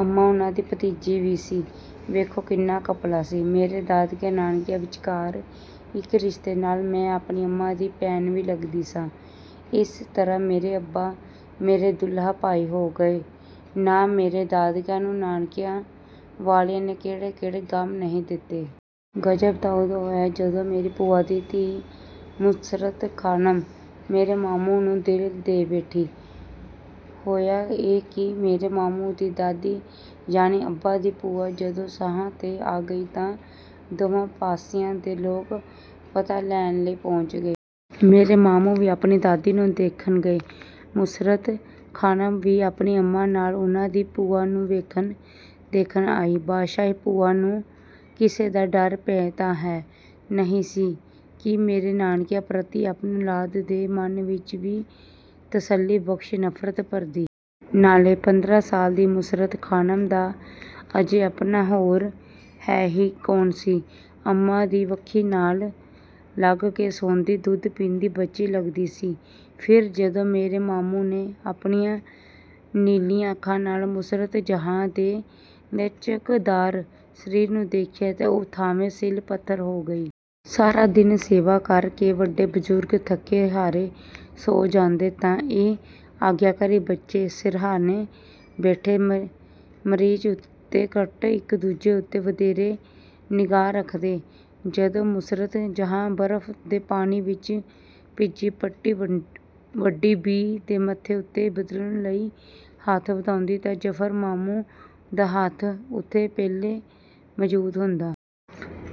ਅੰਮਾਂ ਉਨ੍ਹਾਂ ਦੀ ਭਤੀਜੀ ਵੀ ਸੀ - ਵੇਖੋ ਕਿੰਨਾ ਘਪਲਾ ਸੀ ਮੇਰੇ ਦਾਦਕਿਆਂ, ਨਾਨਕਿਆਂ ਵਿਚਕਾਰ! ਇੱਕ ਰਿਸ਼ਤੇ ਨਾਲ ਮੈਂ ਆਪਣੀ ਅੰਮਾਂ ਦੀ ਭੈਣ ਵੀ ਲੱਗਦੀ ਸਾਂ। ਇਸ ਤਰ੍ਹਾਂ ਮੇਰੇ ਅੱਬਾ ਮੇਰੇ ਦੂਲਹਾ ਭਾਈ ਹੋ ਗਏ ਨਾ ਮੇਰੇ ਦਾਦਕਿਆਂ ਨੂੰ ਨਾਨਕਿਆਂ ਵਾਲਿਆਂ ਨੇ ਕਿਹੜੇ-ਕਿਹੜੇ ਗ਼ਮ ਨਹੀਂ ਦਿੱਤੇ। ਗ਼ਜ਼ਬ ਤਾਂ ਉਦੋਂ ਹੋਇਆ ਜਦੋਂ ਮੇਰੀ ਭੂਆ ਦੀ ਧੀ ਮੁਸੱਰਤ ਖ਼ਾਨਮ ਮੇਰੇ ਮਾਮੂ ਨੂੰ ਦਿਲ ਦੇ ਬੈਠੀ। ਹੋਇਆ ਇਹ ਕਿ ਮੇਰੇ ਮਾਮੂ ਦੀ ਦਾਦੀ, ਯਾਨੀ ਅੱਬਾ ਦੀ ਭੂਆ ਜਦੋਂ ਸਾਹਾਂ 'ਤੇ ਆ ਗਈ ਤਾਂ ਦੋਵਾਂ ਪਾਸਿਆਂ ਦੇ ਲੋਕ ਪਤਾ ਲੈਣ ਲਈ ਪਹੁੰਚ ਗਏ। ਮੇਰੇ ਮਾਮੂ ਵੀ ਆਪਣੀ ਦਾਦੀ ਨੂੰ ਦੇਖਣ ਗਏ। ਮੁਸੱਰਤ ਖ਼ਾਨਮ ਵੀ ਆਪਣੀ ਅੰਮਾਂ ਨਾਲ ਉਨ੍ਹਾਂ ਦੀ ਭੂਆ ਨੂੰ ਦੇਖਣ ਆਈ। ਬਾਦਸ਼ਾਹੀ ਭੂਆ ਨੂੰ ਕਿਸੇ ਦਾ ਡਰ-ਭੈਅ ਤਾਂ ਹੈ ਨਹੀਂ ਸੀ ਕਿ ਮੇਰੇ ਨਾਨਕਿਆਂ ਪ੍ਰਤੀ ਆਪਣੀ ਔਲਾਦ ਦੇ ਮਨ ਵਿੱਚ ਵੀ ਤਸੱਲੀਬਖ਼ਸ਼ ਨਫ਼ਰਤ ਭਰਦੀ। ਨਾਲੇ ਪੰਦਰਾਂ ਸਾਲ ਦੀ ਮੁਸੱਰਤ ਖ਼ਾਨਮ ਦਾ ਅਜੇ ਆਪਣਾ ਹੋਰ ਹੈ ਹੀ ਕੌਣ ਸੀ। ਅੰਮਾਂ ਦੀ ਵੱਖੀ ਨਾਲ ਲੱਗ ਕੇ ਸੌਂਦੀ, ਦੁੱਧ ਪੀਂਦੀ ਬੱਚੀ ਲੱਗਦੀ ਸੀ। ਫਿਰ ਜਦੋਂ ਮੇਰੇ ਮਾਮੂ ਨੇ ਆਪਣੀਆਂ ਨੀਲੀਆਂ ਅੱਖਾਂ ਨਾਲ ਮੁਸੱਰਤ ਜਹਾਂ ਦੇ ਲਚਕਦਾਰ ਸਰੀਰ ਨੂੰ ਦੇਖਿਆ ਤਾਂ ਉਹ ਥਾਂਵੇਂ ਸਿਲ-ਪੱਥਰ ਹੋ ਗਈ। ਸਾਰਾ ਦਿਨ ਸੇਵਾ ਕਰ ਕੇ ਵੱਡੇ ਬਜ਼ੁਰਗ ਥੱਕੇ-ਹਾਰੇ ਸੌਂ ਜਾਂਦੇ ਤਾਂ ਇਹ ਆਗਿਆਕਾਰੀ ਬੱਚੇ ਸਿਰਹਾਣੇ ਬੈਠੇ, ਮਰੀਜ਼ ਉੱਤੇ ਘੱਟ, ਇੱਕ-ਦੂਜੇ ਉੱਤੇ ਵਧੇਰੇ ਨਿਗਾਹ ਰੱਖਦੇ। ਜਦੋਂ ਮੁਸੱਰਤ ਜਹਾਂ ਬਰਫ਼ ਦੇ ਪਾਣੀ ਵਿੱਚ ਭਿੱਜੀ ਪੱਟੀ ਵੱਡੀ ਬੀ ਦੇ ਮੱਥੇ ਉੱਤੇ ਬਦਲਣ ਲਈ ਹੱਥ ਵਧਾਉਂਦੀ ਤਾਂ ਜਫ਼ਰ ਮਾਮੂ ਦਾ ਹੱਥ ਉੱਥੇ ਪਹਿਲਾਂ ਮੌਜੂਦ ਹੁੰਦਾ।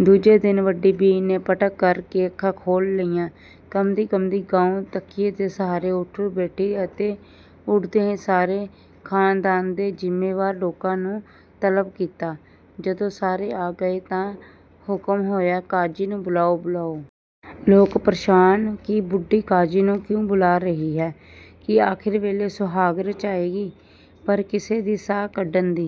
ਦੂਜੇ ਦਿਨ ਵੱਡੀ ਬੀ ਨੇ ਪਟਕ ਕਰ ਕੇ ਅੱਖਾਂ ਖੋਲ੍ਹ ਲਈਆਂ। ਕੰਬਦੀ-ਕੰਬਦੀ ਗਾਉ ਤਕੀਏ ਦੇ ਸਹਾਰੇ ਉੱਠ ਬੈਠੀ ਅਤੇ ਉੱਠਦਿਆਂ ਹੀ ਸਾਰੇ ਖ਼ਾਨਦਾਨ ਦੇ ਜ਼ਿੰਮੇਵਾਰ ਲੋਕਾਂ ਨੂੰ ਤਲਬ ਕੀਤਾ। ਜਦੋਂ ਸਾਰੇ ਆ ਗਏ ਤਾਂ ਹੁਕਮ ਹੋਇਆ, ''ਕਾਜ਼ੀ ਨੂੰ ਬੁਲਾਓ''ਬੁਲਾਓ।" ਲੋਕ ਪਰੇਸ਼ਾਨ ਕਿ ਬੁੱਢੀ ਕਾਜ਼ੀ ਨੂੰ ਕਿਉਂ ਬੁਲਾ ਰਹੀ ਹੈ। ਕੀ ਆਖ਼ਰੀ ਵੇਲੇ ਸੁਹਾਗ ਰਚਾਏਗੀ? ਪਰ ਕਿਸੇ ਦੀ ਸਾਹ ਕੱਢਣ ਦੀ